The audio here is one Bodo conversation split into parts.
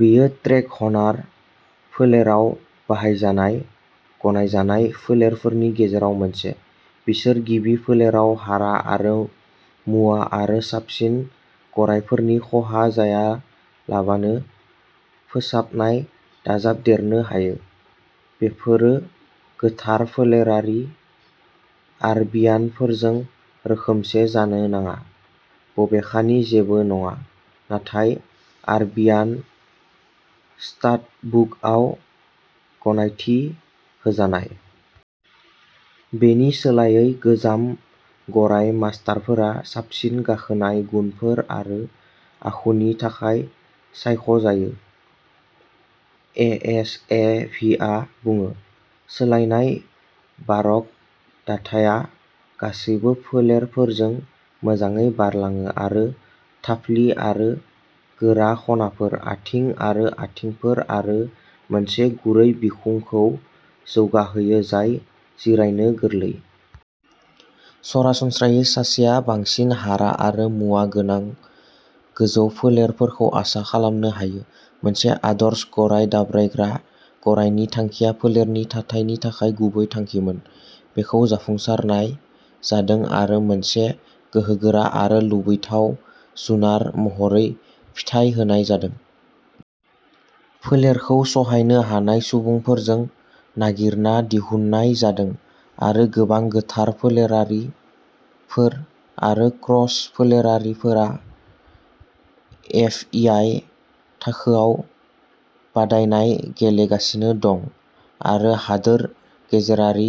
बेयो ट्रेकहनार फोलेराव बाहायजानाय गनायजानाय फोलेरफोरनि गेजेराव मोनसे। बिसोर गिबि फोलेराव हारा आरो मुवा आरो साबसिन गरायफोरनि खहा जायालाबानो फोसाबनाय दाजाबदेरनो हायो। बेफोरो गोथार फोलेरारि आरबियानफोरजों रोखोमसे जानो नाङा, बबेखानि जेबो नङा, नाथाय आरबियान, स्टाडबुकआव गनायथि होजानाय। बेनि सोलायै गोजाम गराय मास्टारफोरा साबसिन गाखोनाय गुनफोर आरो आखुनि थाखाय सायख'जायो, एएसएभिआ बुङो। सोलायनाय बारक दाथाया गासैबो फोलेरफोरजों मोजाङै बारलाङो आरो थाफ्लि आरो गोरा खनाफोर, आथिं आरो आथिंफोर आरो मोनसे गुरै बिखुंखौ जौगाहोयो जाय जिरायनो गोरलै। सरासनस्रायै सासेया बांसिन हारा आरो मुवा गोनां गोजौ फोलेरफोरखौ आसा खालामनो हायो। मोनसे आदर्श गराय दाब्रायग्रा गरायनि थांखिया फोलेरनि थाथायनि थाखाय गुबै थांखिमोन। बेखौ जाफुंसारनाय जादों आरो मोनसे गोहोगोरा आरो लुबैथाव जुनार महरै फिथाय होनाय जादों। फोलेरखौ सहायनो हानाय सुबुंफोरजों नागिरना दिहुननाय जादों आरो गोबां गोथार फोलेरारिफोर आरो क्रस फोलेरारिफोरा एफईआई थाखोआव बादायनाय गेलेगासिनो दं आरो हादोर गेजेरारि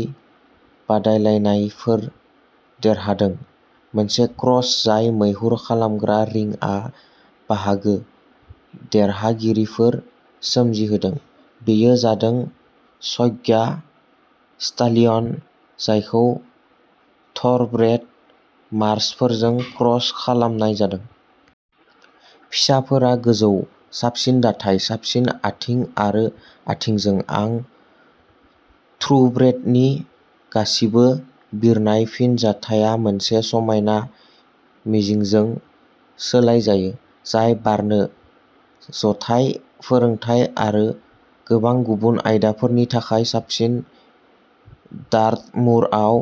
बादायलायनायफोर देरहादों। मोनसे क्रस जाय मैहुर खालामग्रा रिंआव बाहागो देरहागिरिफोर सोमजिहोदों, बेयो जादों शग्या स्टालियन, जायखौ थ'रब्रेड मार्सफोरजों क्रस खालामनाय जादों। फिसाफोरा गोजौ, साबसिन दाथाय, साबसिन आथिं आरो आथिंजों, आरो थ्रुब्रेडनि गासिबो बिरनाय फिनजाथाया मोनसे समायना मिजिंजों सोलायजायो, जाय बारनो, जथाय फोरोंथाय आरो गोबां गुबुन आयदाफोरनि थाखाय साबसिन। डार्टमुरआव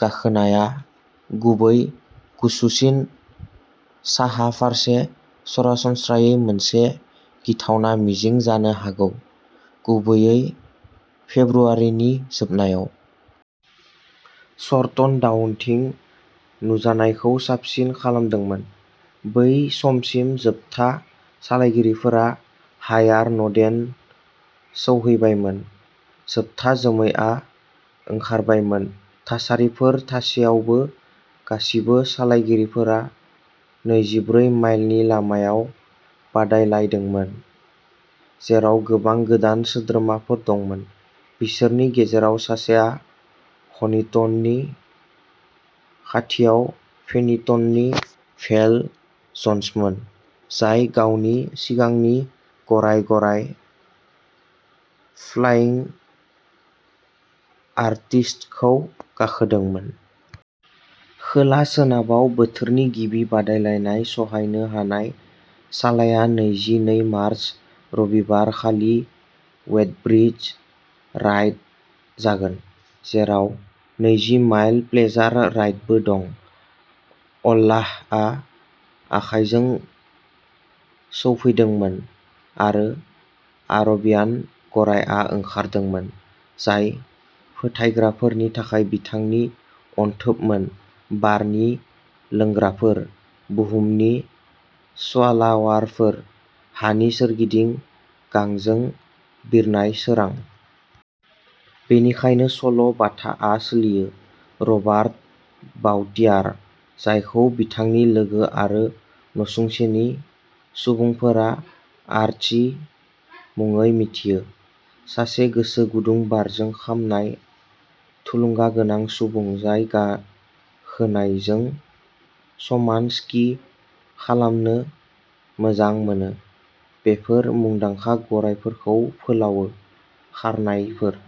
गाखोनाया, गुबैयै गुसुसिन साहा फारसे, सरासनस्रायै मोनसे गिथावना मिजिं जानो हागौ, गुबैयै फेब्रुआरिनि जोबनायाव। सरटन डाउनथिं नुजानायखौ साबसिन खालामदोंमोन। बै समसिम, जोबथा सालायगिरिफोरा हाइयार नडेन सौहैबायमोन, जोबथा जोमैआ ओंखारबायमोन। थासारिफोर थासेयावबो, गासिबो सालायगिरिफोरा नैजि ब्रै माइलनि लामायाव बादायलायदोंमोन, जेराव गोबां गोदान सोद्रोमाफोर दंमोन। बिसोरनि गेजेराव सासेआ हनिटननि खाथियाव फेनिटननि भेल जन्समोन, जाय गावनि सिगांनि गराय गराय, फ्लाइं आर्टिस्टखौ गाखोदोंमोन। खोला सोनाबाव बोथोरनि गिबि बादायलायनाय सहायनो हानाय सालाया नैजि नै मार्च, रबिबार खालि वेडब्रिज राइड जागोन, जेराव नैजि माइल प्लेजार राइडबो दं। अल्लाहआ आखायजों सौफैदोंमोन आरो आरबियान गरायआ ओंखारदोंमोन, जाय फोथायग्राफोरनि थाखाय बिथांनि अनथोबमोन, बारनि लोंग्राफोर, बुहुमनि स्वालावारफोर, हानि सोरगिदिं गांजों बिरनाय सोरां। बेनिखायनो सल' बाथाआ सोलियो। रबार्ट बाउटियार, जायखौ बिथांनि लोगो आरो नसुंसेनि सुबुंफोरा आर्ची मुङै मिथियो, सासे गोसो गुदुं, बारजों खामनाय, थुलुंगागोनां सुबुं जाय गाखोनायजों समान स्की खालामनो मोजां मोनो, बेफोर मुंदांखा गरायफोरखौ फोलावो, खारनायफोर।